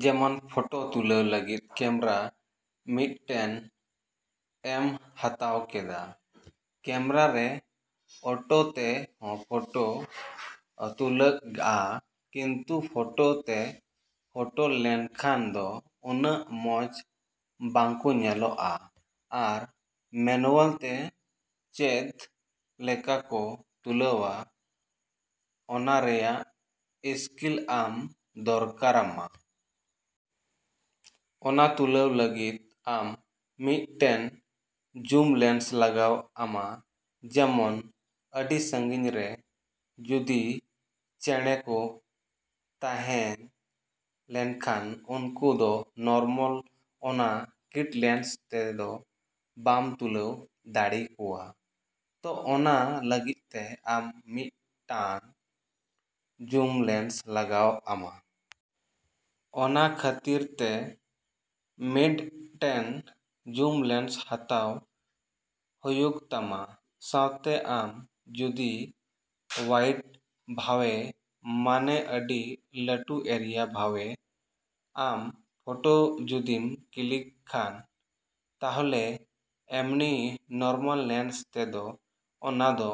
ᱡᱮᱢᱚᱱ ᱯᱷᱳᱴᱳ ᱛᱩᱞᱟᱹᱣ ᱞᱟᱹᱜᱤᱫ ᱠᱮᱢᱮᱨᱟ ᱢᱤᱫ ᱴᱮᱱ ᱮᱢ ᱦᱟᱛᱟᱣ ᱠᱮᱫᱟ᱾ ᱠᱮᱢᱮᱨᱟ ᱨᱮ ᱚᱴᱳ ᱛᱮᱦᱚᱸ ᱯᱷᱳᱴᱳ ᱡᱩᱛᱚᱜᱼᱟ ᱠᱤᱱᱛᱩ ᱚᱴᱳ ᱛᱮᱢ ᱯᱷᱳᱴᱳ ᱞᱮᱠᱷᱟᱱ ᱫᱚ ᱩᱱᱟᱹᱜ ᱢᱚᱸᱡᱽ ᱵᱟᱠᱚ ᱧᱮᱞᱚᱜᱼᱟ᱾ ᱟᱨ ᱢᱤᱱᱩᱣᱟᱞ ᱛᱮ ᱪᱮᱫ ᱞᱮᱠᱟ ᱠᱚ ᱛᱩᱞᱟᱹᱣᱟ ᱚᱱᱟ ᱨᱮᱱᱟᱜ ᱥᱠᱤᱞ ᱟᱢ ᱫᱚᱨᱠᱟᱨᱟᱢᱟ᱾ ᱚᱱᱟ ᱛᱩᱞᱟᱹᱣ ᱞᱟᱹᱜᱤᱫ ᱟᱢ ᱢᱤᱫ ᱴᱮᱱ ᱡᱩᱢ ᱞᱮᱱᱥ ᱞᱟᱜᱟᱣ ᱟᱢᱟ᱾ ᱡᱮᱢᱚᱱ ᱟᱹᱰᱤ ᱥᱟᱹᱜᱤᱧ ᱨᱮ ᱡᱩᱫᱤ ᱪᱮᱬᱮ ᱠᱚ ᱛᱟᱦᱮᱸ ᱞᱮᱱ ᱠᱷᱟᱱ ᱩᱱᱠᱩ ᱫᱚ ᱱᱚᱨᱢᱟᱞ ᱚᱱᱟ ᱠᱤᱴ ᱞᱮᱱᱥ ᱛᱮᱫᱚ ᱵᱟᱢ ᱛᱩᱞᱟᱹᱣ ᱫᱟᱲᱮᱭᱟᱠᱚᱣᱟ᱾ ᱛᱚ ᱚᱱᱟ ᱞᱟᱹᱜᱤᱫ ᱛᱮ ᱟᱢ ᱢᱤᱫ ᱴᱟᱝ ᱡᱩᱢ ᱞᱮᱱᱥ ᱞᱟᱜᱟᱣ ᱟᱢᱟ᱾ ᱚᱱᱟ ᱠᱷᱟᱹᱛᱤᱨ ᱛᱮ ᱢᱤᱫ ᱴᱮᱱ ᱡᱩᱢ ᱞᱮᱱᱥ ᱦᱟᱛᱟᱣ ᱦᱳᱭᱳᱜ ᱛᱟᱢᱟ᱾ ᱥᱟᱶᱛᱮ ᱟᱢ ᱡᱚᱫᱤ ᱚᱣᱟᱭᱤᱰ ᱵᱷᱟᱵᱮ ᱢᱟᱱᱮ ᱟᱹᱰᱤ ᱞᱟᱹᱴᱩ ᱮᱨᱤᱭᱟ ᱵᱷᱟᱵᱮ ᱟᱢ ᱯᱷᱳᱴᱳ ᱡᱚᱫᱤᱢ ᱠᱞᱤᱠ ᱠᱷᱟᱱ ᱛᱟᱦᱚᱞᱮ ᱮᱢᱱᱤ ᱱᱚᱨᱢᱟᱞ ᱞᱮᱱᱥ ᱛᱮᱫᱚ ᱚᱱᱟ ᱫᱚ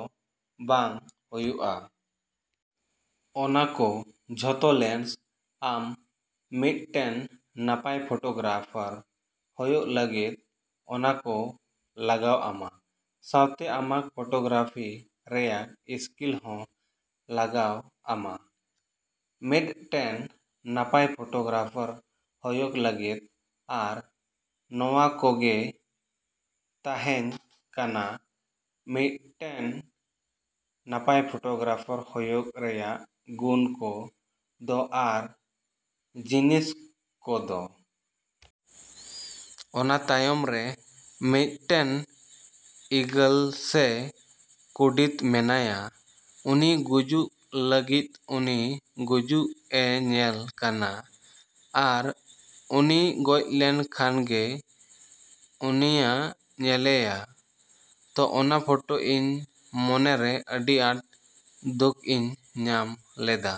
ᱵᱟᱝ ᱦᱳᱭᱳᱜᱼᱟ᱾ ᱚᱱᱟ ᱠᱚ ᱡᱷᱚᱛᱚ ᱞᱮᱱᱥ ᱟᱢ ᱢᱤᱫ ᱴᱮᱱ ᱱᱟᱯᱟᱭ ᱯᱷᱳᱴᱳᱜᱨᱟᱯᱷᱟᱨ ᱦᱳᱭᱳᱜ ᱞᱟᱹᱜᱤᱫ ᱚᱱᱟᱠᱚ ᱞᱟᱜᱟᱣ ᱟᱢᱟ᱾ ᱥᱟᱶᱛᱮ ᱟᱢᱟᱜ ᱯᱷᱳᱴᱳᱜᱨᱟᱯᱷᱤ ᱨᱮᱭᱟᱜ ᱥᱠᱤᱞ ᱦᱚᱸ ᱞᱟᱜᱟᱣ ᱟᱢᱟ ᱢᱤᱫ ᱴᱮᱱ ᱱᱟᱯᱟᱭ ᱯᱷᱳᱴᱳᱜᱨᱟᱯᱷᱟᱨ ᱦᱳᱭᱳᱜ ᱞᱟᱹᱜᱤᱫ᱾ ᱟᱨ ᱱᱚᱣᱟ ᱠᱚᱜᱮ ᱛᱟᱦᱮᱸ ᱠᱟᱱᱟ ᱢᱤᱫ ᱴᱮᱱ ᱱᱟᱯᱟᱭ ᱯᱷᱳᱴᱳᱜᱨᱟᱯᱷᱟᱨ ᱦᱳᱭᱳᱜ ᱨᱮᱱᱟᱜ ᱜᱩᱱ ᱠᱚᱫᱚ ᱟᱨ ᱡᱤᱱᱤᱥ ᱠᱚᱫᱚ᱾ ᱚᱱᱟ ᱛᱟᱭᱚᱢ ᱨᱮ ᱢᱤᱫ ᱴᱮᱱ ᱤᱜᱚᱞ ᱥᱮ ᱠᱩᱲᱤᱫ ᱢᱮᱱᱟᱭᱟ᱾ ᱩᱱᱤ ᱜᱩᱡᱩᱜ ᱞᱟᱹᱜᱤᱫ ᱩᱱᱤ ᱜᱩᱡᱩᱜ ᱮ ᱧᱮᱞᱮ ᱠᱟᱱᱟ ᱟᱨ ᱩᱱᱤ ᱜᱚᱡ ᱞᱮᱱᱠᱷᱟᱱ ᱜᱮ ᱩᱱᱤᱭ ᱧᱮᱞᱮᱭᱟ᱾ ᱛᱚ ᱚᱱᱟ ᱯᱷᱳᱴᱳ ᱤᱧ ᱢᱚᱱ ᱨᱮ ᱟᱹᱰᱤ ᱟᱸᱴ ᱫᱩᱠ ᱤᱧ ᱧᱟᱢ ᱞᱮᱫᱟ᱾